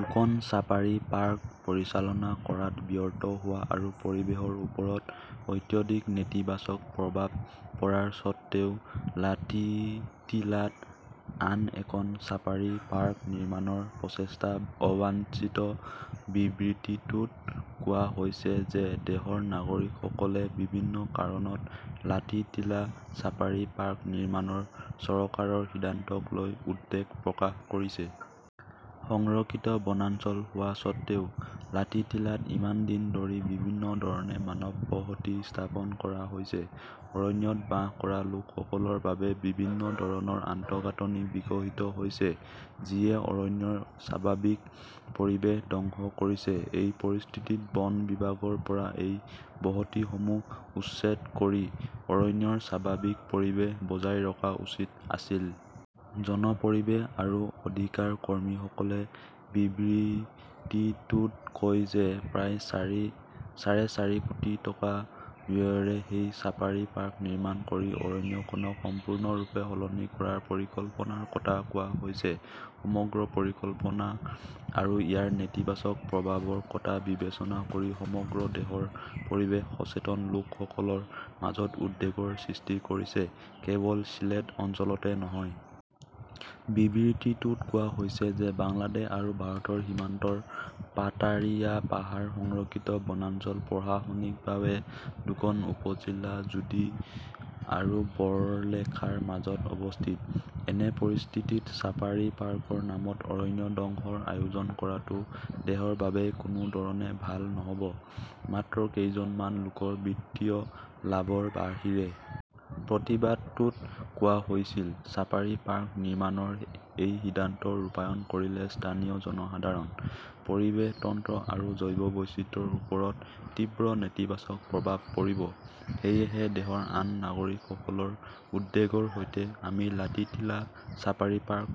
দুখন safari park পৰিচালনা কৰাত ব্যৰ্থ হোৱা আৰু পৰিৱেশৰ ওপৰত অত্যধিক নেতিবাচক প্ৰভাৱ পৰাৰ সত্ত্বেও লাঠিটিলাত আন এখন ছাফাৰী পাৰ্ক নিৰ্মাণৰ প্ৰচেষ্টা অবাঞ্ছিত। বিবৃতিটোত কোৱা হৈছে যে দেশৰ নাগৰিকসকলে বিভিন্ন কাৰণত লাঠিটিলা ছাফাৰী পাৰ্ক নিৰ্মাণৰ চৰকাৰৰ সিদ্ধান্তক লৈ উদ্বেগ প্ৰকাশ কৰিছে। সংৰক্ষিত বনাঞ্চল হোৱা সত্ত্বেও, লাঠিটিলাত ইমান দিন ধৰি বিভিন্ন ধৰণে মানৱ বসতি স্থাপন কৰা হৈছে। অৰণ্যত বাস কৰা লোকসকলৰ বাবে বিভিন্ন ধৰণৰ আন্তঃগাঁথনি বিকশিত হৈছে, যিয়ে অৰণ্যৰ স্বাভাৱিক পৰিৱেশ ধ্বংস কৰিছে। এই পৰিস্থিতিত বন বিভাগৰ পৰা এই বসতিসমূহ উচ্ছেদ কৰি অৰণ্যৰ স্বাভাৱিক পৰিৱেশ বজাই ৰখা উচিত আছিল। জন পৰিৱেশ আৰু অধিকাৰ কৰ্মীসকলে বিবৃতিটোত কয় যে প্ৰায় চাৰে চাৰি কোটি টকা ব্যয়েৰে সেই ছাফাৰী পাৰ্ক নিৰ্মাণ কৰি অৰণ্যখনক সম্পূৰ্ণৰূপে সলনি কৰাৰ পৰিকল্পনাৰ কথা কোৱা হৈছে। সমগ্ৰ পৰিকল্পনা আৰু ইয়াৰ নেতিবাচক প্ৰভাৱৰ কথা বিবেচনা কৰি সমগ্ৰ দেশৰ পৰিৱেশ সচেতন লোকসকলৰ মাজত উদ্বেগৰ সৃষ্টি কৰিছে, কেৱল ছিলেট অঞ্চলতে নহয়। বিবৃতিটোত কোৱা হৈছে যে বাংলাদেশ আৰু ভাৰতৰ সীমান্তৰ পাথাৰিয়া পাহাৰ সংৰক্ষিত বনাঞ্চল প্ৰশাসনিকভাৱে দুখন উপ-জিলা জোডি আৰু বৰলেখাৰ মাজত অৱস্থিত। এনে পৰিস্থিতিত ছাফাৰী পাৰ্কৰ নামত অৰণ্য ধ্বংসৰ আয়োজন কৰাটো দেশৰ বাবে কোনো ধৰণে ভাল নহ'ব, মাত্ৰ কেইজনমান লোকৰ বিত্তীয় লাভৰ বাহিৰে। প্ৰতিবাদটোত কোৱা হৈছিল, "ছাফাৰী পাৰ্ক নিৰ্মাণৰ এই সিদ্ধান্ত ৰূপায়ণ কৰিলে স্থানীয় জনসাধাৰণ, পৰিৱেশ তন্ত্ৰ আৰু জৈৱ বৈচিত্ৰ্যৰ ওপৰত তীব্ৰ নেতিবাচক প্ৰভাৱ পৰিব। সেয়েহে দেশৰ আন নাগৰিকসকলৰ উদ্বেগৰ সৈতে, আমি লাঠিটিলা ছাফাৰী পাৰ্ক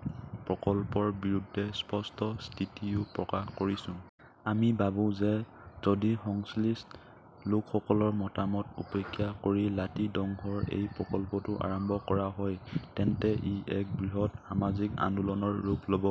প্ৰকল্পৰ বিৰুদ্ধে স্পষ্ট স্থিতিও প্ৰকাশ কৰিছোঁ। আমি ভাবোঁ যে যদি সংশ্লিষ্ট লোকসকলৰ মতামত উপেক্ষা কৰি লাঠি ধ্বংসৰ এই প্ৰকল্পটো আৰম্ভ কৰা হয় তেন্তে ই এক বৃহৎ সামাজিক আন্দোলনৰ ৰূপ ল'ব।"